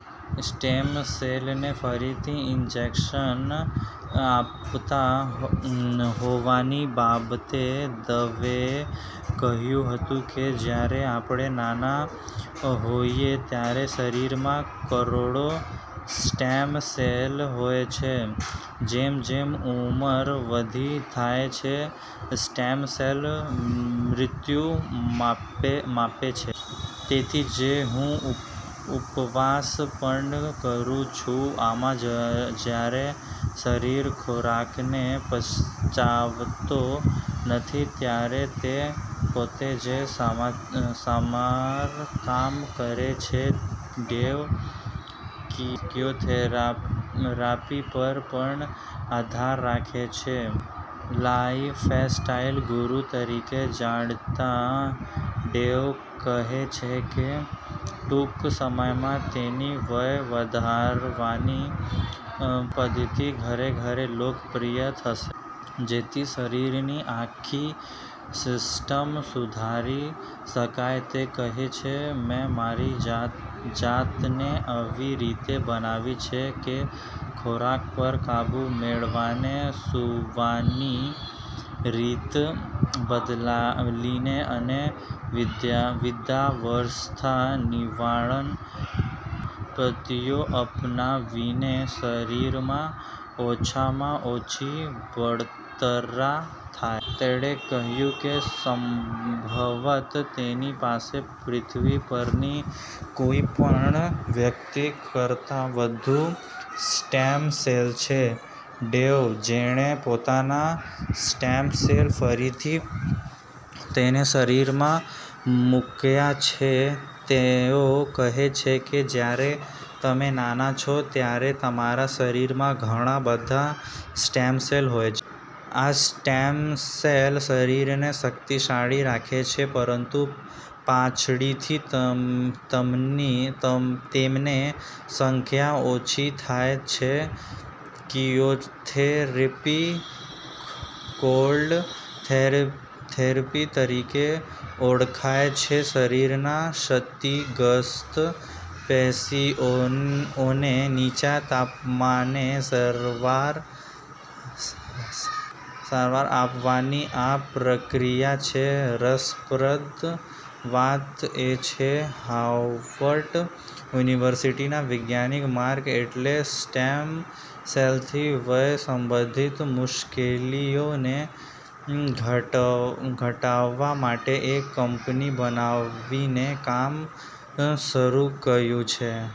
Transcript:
Stem સેલને ફરીથી injection આપતા હોવાની બાબતે દવેએ કહ્યું હતું કે, જ્યારે આપણે નાના હોઈએ ત્યારે શરીરમાં કરોડો સ્ટેમ સેલ હોય છે. જેમ જેમ ઉંમર વધતી જાય છે, સ્ટેમ સેલ્સ મૃત્યુ પામે છે. તેથી જ હું ઉપવાસ પણ કરું છું. આમાં જ્યારે શરીર ખોરાકને પચાવતો નથી ત્યારે તે પોતે જ સમારકામ કરે છે. ડેવ ક્રિઓથેરાપી પર પણ આધાર રાખે છે. લાઈફસ્ટાઈલ ગુરુ તરીકે જાણીતા ડેવ કહે છે કે, ટૂંક સમયમાં તેની વય વધારવાની પદ્ધતિ ઘરે ઘરે લોકપ્રિય થશે. જેથી શરીરની આખી સિસ્ટમ સુધારી શકાય. તે કહે છે, 'મેં મારી જાતને એવી રીતે બનાવી છે કે ખોરાક પર કાબુ મેળવીને, સૂવાની રીત બદલીને અને વૃદ્ધાવસ્થા નિવારણ પદ્ધતિઓ અપનાવીને શરીરમાં ઓછામાં ઓછી બળતરા થાય. તેણે કહ્યું કે સંભવત: તેની પાસે પૃથ્વી પરની કોઈપણ વ્યક્તિ કરતા વધુ સ્ટેમ સેલ છે. ડેવ, જેણે પોતાના સ્ટેમ સેલ ફરીથી તેના શરીરમાં મૂક્યા છે. તેઓ કહે છે કે જ્યારે તમે નાના છો, ત્યારે તમારા શરીરમાં ઘણા બધા સ્ટેમ સેલ હોય છે. આ સ્ટેમ સેલ શરીરને શક્તિશાળી રાખે છે. પરંતુ પાછળથી તેમની સંખ્યા ઓછી થાય છે. ક્રિઓથેરાપી કોલ્ડ થેરેપી તરીકે ઓળખાય છે. શરીરના ક્ષતિગ્રસ્ત પેશીઓને નીચા તાપમાને સારવાર આપવાની આ પ્રક્રિયા છે. રસપ્રદ વાત એ છે કે, હાર્વર્ડ યુનિવર્સિટીના વૈજ્ઞાનિક માર્ક એલેને સ્ટેમ સેલ્સથી વય સંબંધિત મુશ્કેલીઓને ઘટાડવા માટે એક કંપની બનાવીને કામ શરૂ કર્યું છે.